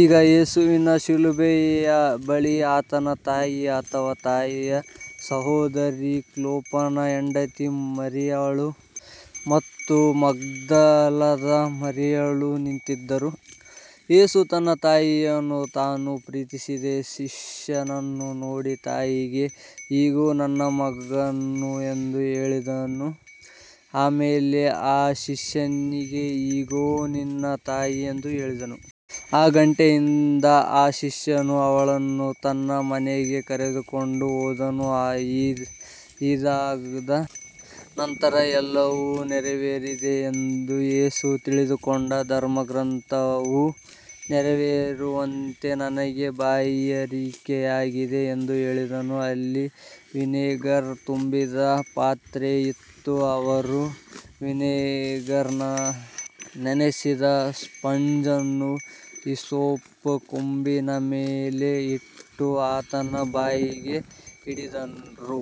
ಈಗ ಯೇಸುವಿನ ಶಿಲುಬೆಯ ಬಳಿ ಆತನ ತಾಯಿ, ಆತನ ತಾಯಿಯ ಸಹೋದರಿ, ಕ್ಲೋಪನ ಹೆಂಡತಿ ಮರಿಯಳು ಮತ್ತು ಮಗ್ದಲದ ಮರಿಯಳು ನಿಂತಿದ್ದರು. ಯೇಸು ತನ್ನ ತಾಯಿಯನ್ನೂ ತಾನು ಪ್ರೀತಿಸಿದ ಶಿಷ್ಯನನ್ನೂ ನೋಡಿ, ತಾಯಿಗೆ, ಇಗೋ ನಿನ್ನ ಮಗನು ಎಂದು ಹೇಳಿದನು. ಆಮೇಲೆ ಆ ಶಿಷ್ಯನಿಗೆ, ಇಗೋ ನಿನ್ನ ತಾಯಿ ಎಂದು ಹೇಳಿದನು. ಆ ಗಂಟೆಯಿಂದ ಆ ಶಿಷ್ಯನು ಅವಳನ್ನು ತನ್ನ ಮನೆಗೆ ಕರೆದುಕೊಂಡು ಹೋದನು. ಇದಾದ ನಂತರ ಎಲ್ಲವೂ ನೆರವೇರಿದೆಯೆಂದು ಯೇಸು ತಿಳಿದುಕೊಂಡು, ಧರ್ಮಗ್ರಂಥವು ನೆರವೇರುವಂತೆ, ನನಗೆ ಬಾಯಾರಿಕೆಯಾಗಿದೆ ಎಂದು ಹೇಳಿದನು. ಅಲ್ಲಿ ವಿನೆಗರ್ ತುಂಬಿದ ಪಾತ್ರೆ ಇತ್ತು. ಅವರು ವಿನೆಗರ್‌ನಲ್ಲಿ ನೆನೆಸಿದ ಸ್ಪಂಜನ್ನು ಹಿಸ್ಸೋಪ್ ಕೊಂಬಿನ ಮೇಲೆ ಇಟ್ಟು ಆತನ ಬಾಯಿಗೆ ಹಿಡಿದರು.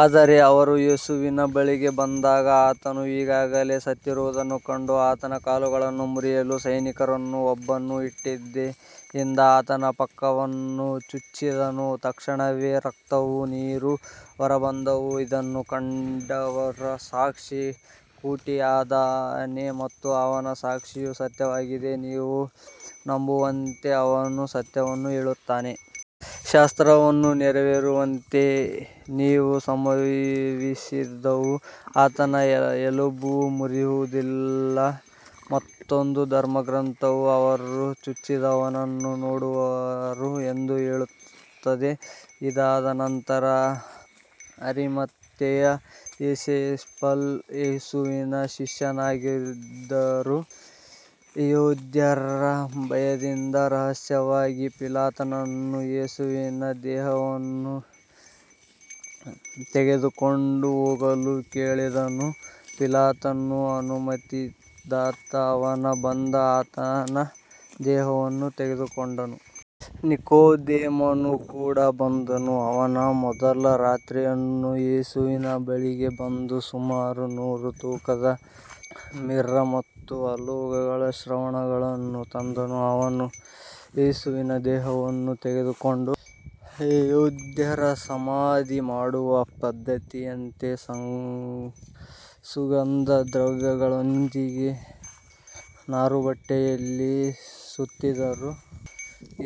ಆದರೆ ಅವರು ಯೇಸುವಿನ ಬಳಿಗೆ ಬಂದಾಗ ಆತನು ಈಗಾಗಲೇ ಸತ್ತಿರುವುದನ್ನು ಕಂಡು ಆತನ ಕಾಲುಗಳನ್ನು ಮುರಿಯಲಿಲ್ಲ. ಸೈನಿಕರಲ್ಲಿ ಒಬ್ಬನು ಈಟಿಯಿಂದ ಆತನ ಪಕ್ಕವನ್ನು ಚುಚ್ಚಿದನು. ತಕ್ಷಣವೇ ರಕ್ತವೂ ನೀರೂ ಹೊರಬಂದವು. ಇದನ್ನು ಕಂಡವನು ಸಾಕ್ಷಿ ಕೊಟ್ಟಿದ್ದಾನೆ ಮತ್ತು ಅವನ ಸಾಕ್ಷಿಯು ಸತ್ಯವಾಗಿದೆ, ನೀವು ನಂಬುವಂತೆ ಅವನು ಸತ್ಯವನ್ನು ಹೇಳುತ್ತಾನೆ. ಶಾಸ್ತ್ರವಚನ ನೆರವೇರುವಂತೆ ಇವು ಸಂಭವಿಸಿದವು, ಆತನ ಎಲುಬು ಮುರಿಯುವುದಿಲ್ಲ. ಮತ್ತೊಂದು ಧರ್ಮಗ್ರಂಥವು, ಅವರು ಚುಚ್ಚಿದವನನ್ನು ನೋಡುವರು ಎಂದು ಹೇಳುತ್ತದೆ. ಇದಾದ ನಂತರ ಅರಿಮಥೆಯ ಯೋಸೇಫನು ಯೇಸುವಿನ ಶಿಷ್ಯನಾಗಿದ್ದರೂ ಯೆಹೂದ್ಯರ ಭಯದಿಂದ ರಹಸ್ಯವಾಗಿ ಪಿಲಾತನನ್ನು ಯೇಸುವಿನ ದೇಹವನ್ನು ತೆಗೆದುಕೊಂಡು ಹೋಗಲು ಕೇಳಿದನು. ಪಿಲಾತನು ಅನುಮತಿಸಿದಾಗ ಅವನು ಬಂದು ಆತನ ದೇಹವನ್ನು ತೆಗೆದುಕೊಂಡನು. ನಿಕೋದೇಮನು ಕೂಡ ಬಂದನು. ಅವನು ಮೊದಲು ರಾತ್ರಿಯಲ್ಲಿ ಯೇಸುವಿನ ಬಳಿಗೆ ಬಂದು ಸುಮಾರು ನೂರು ತೂಕದ ಮಿರ್ರ ಮತ್ತು ಅಲೋಗಳ ಮಿಶ್ರಣವನ್ನು ತಂದನು. ಅವರು ಯೇಸುವಿನ ದೇಹವನ್ನು ತೆಗೆದುಕೊಂಡು ಯೆಹೂದ್ಯರ ಸಮಾಧಿ ಮಾಡುವ ಪದ್ಧತಿಯಂತೆ ಸುಗಂಧದ್ರವ್ಯಗಳೊಂದಿಗೆ ನಾರುಬಟ್ಟೆಯಲ್ಲಿ ಸುತ್ತಿದರು.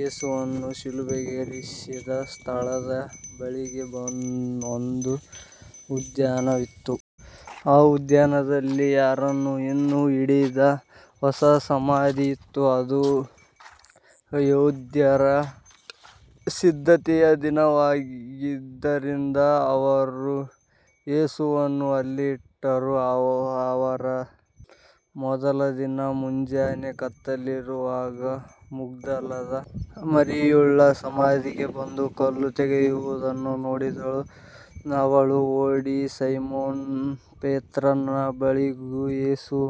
ಯೇಸುವನ್ನು ಶಿಲುಬೆಗೇರಿಸಿದ ಸ್ಥಳದ ಬಳಿಯೇ ಒಂದು ಉದ್ಯಾನವಿತ್ತು. ಆ ಉದ್ಯಾನದಲ್ಲಿ ಯಾರನ್ನೂ ಇನ್ನೂ ಇಡದ ಹೊಸ ಸಮಾಧಿ ಇತ್ತು. ಅದು ಯೆಹೂದ್ಯರ ಸಿದ್ಧತೆಯ ದಿನವಾಗಿದ್ದರಿಂದ ಅವರು ಯೇಸುವನ್ನು ಅಲ್ಲಿ ಇಟ್ಟರು. ವಾರದ ಮೊದಲ ದಿನ ಮುಂಜಾನೆ ಕತ್ತಲಿರುವಾಗ ಮಗ್ದಲದ ಮರಿಯಳು ಸಮಾಧಿಗೆ ಬಂದು ಕಲ್ಲು ತೆಗೆದಿರುವುದನ್ನು ನೋಡಿದಳು. ಅವಳು ಓಡಿ ಸೈಮೋನ ಪೇತ್ರನ ಬಳಿಗೂ ಯೇಸು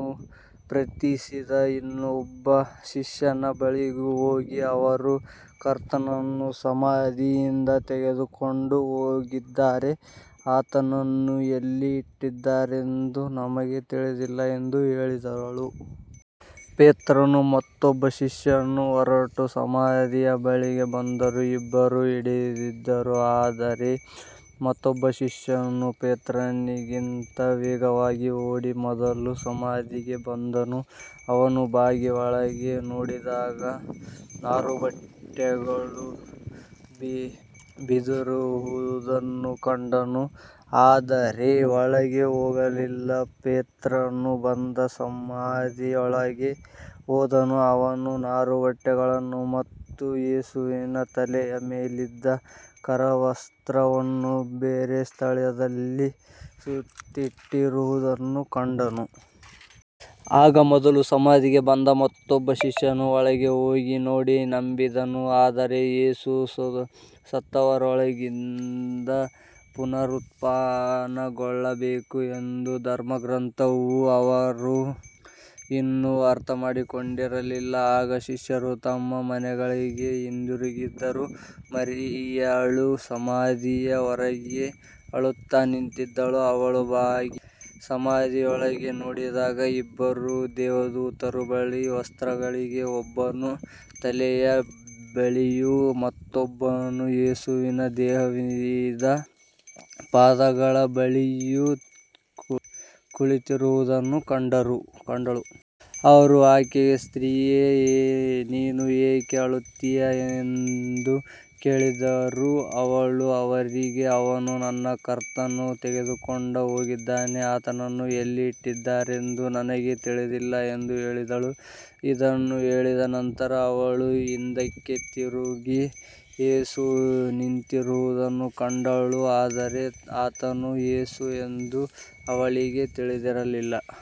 ಪ್ರೀತಿಸಿದ ಇನ್ನೊಬ್ಬ ಶಿಷ್ಯನ ಬಳಿಗೂ ಹೋಗಿ, ಅವರು ಕರ್ತನನ್ನು ಸಮಾಧಿಯಿಂದ ತೆಗೆದುಕೊಂಡು ಹೋಗಿದ್ದಾರೆ, ಆತನನ್ನು ಎಲ್ಲಿ ಇಟ್ಟಿದ್ದಾರೆಂದು ನಮಗೆ ತಿಳಿದಿಲ್ಲ ಎಂದು ಹೇಳಿದಳು. ಪೇತ್ರನೂ ಮತ್ತೊಬ್ಬ ಶಿಷ್ಯನೂ ಹೊರಟು ಸಮಾಧಿಯ ಬಳಿಗೆ ಬಂದರು. ಇಬ್ಬರೂ ಓಡಿದರು, ಆದರೆ ಮತ್ತೊಬ್ಬ ಶಿಷ್ಯನು ಪೇತ್ರನಿಗಿಂತ ವೇಗವಾಗಿ ಓಡಿ ಮೊದಲು ಸಮಾಧಿಗೆ ಬಂದನು. ಅವನು ಬಾಗಿ ಒಳಗೆ ನೋಡಿದಾಗ ನಾರುಬಟ್ಟೆಗಳು ಬಿದ್ದಿರುವುದನ್ನು ಕಂಡನು, ಆದರೆ ಒಳಗೆ ಹೋಗಲಿಲ್ಲ. ಪೇತ್ರನು ಬಂದು ಸಮಾಧಿಯೊಳಗೆ ಹೋದನು. ಅವನು ನಾರುಬಟ್ಟೆಗಳನ್ನು ಮತ್ತು ಯೇಸುವಿನ ತಲೆಯ ಮೇಲಿದ್ದ ಕರವಸ್ತ್ರವನ್ನು ಬೇರೆ ಸ್ಥಳದಲ್ಲಿ ಸುತ್ತಿಟ್ಟಿರುವುದನ್ನು ಕಂಡನು. ಆಗ ಮೊದಲು ಸಮಾಧಿಗೆ ಬಂದ ಮತ್ತೊಬ್ಬ ಶಿಷ್ಯನು ಒಳಗೆ ಹೋಗಿ ನೋಡಿ ನಂಬಿದನು. ಆದರೆ ಯೇಸು ಸತ್ತವರೊಳಗಿಂದ ಪುನರುತ್ಥಾನಗೊಳ್ಳಬೇಕು ಎಂಬ ಧರ್ಮಗ್ರಂಥವನ್ನು ಅವರು ಇನ್ನೂ ಅರ್ಥಮಾಡಿಕೊಂಡಿರಲಿಲ್ಲ. ಆಗ ಶಿಷ್ಯರು ತಮ್ಮ ಮನೆಗಳಿಗೆ ಹಿಂದಿರುಗಿದರು. ಮರಿಯಳು ಸಮಾಧಿಯ ಹೊರಗೆ ಅಳುತ್ತಾ ನಿಂತಿದ್ದಳು. ಅವಳು ಬಾಗಿ ಸಮಾಧಿಯೊಳಗೆ ನೋಡಿದಾಗ ಇಬ್ಬರು ದೇವದೂತರು ಬಿಳಿ ವಸ್ತ್ರಗಳಲ್ಲಿ, ಒಬ್ಬನು ತಲೆಯ ಬಳಿಯೂ ಮತ್ತೊಬ್ಬನು ಯೇಸುವಿನ ದೇಹವಿದ್ದ ಪಾದಗಳ ಬಳಿಯೂ ಕುಳಿತಿರುವುದನ್ನು ಕಂಡಳು. ಅವರು ಆಕೆಗೆ, ಸ್ತ್ರೀಯೇ, ನೀನು ಏಕೆ ಅಳುತ್ತೀಯೆ ಎಂದು ಕೇಳಿದರು. ಅವಳು ಅವರಿಗೆ, ಅವರು ನನ್ನ ಕರ್ತನನ್ನು ತೆಗೆದುಕೊಂಡು ಹೋಗಿದ್ದಾರೆ, ಆತನನ್ನು ಎಲ್ಲಿ ಇಟ್ಟಿದ್ದಾರೆಂದು ನನಗೆ ತಿಳಿದಿಲ್ಲ ಎಂದು ಹೇಳಿದಳು. ಇದನ್ನು ಹೇಳಿದ ನಂತರ ಅವಳು ಹಿಂದಕ್ಕೆ ತಿರುಗಿ ಯೇಸು ನಿಂತಿರುವುದನ್ನು ಕಂಡಳು, ಆದರೆ ಆತನು ಯೇಸು ಎಂದು ಅವಳಿಗೆ ತಿಳಿದಿರಲಿಲ್ಲ.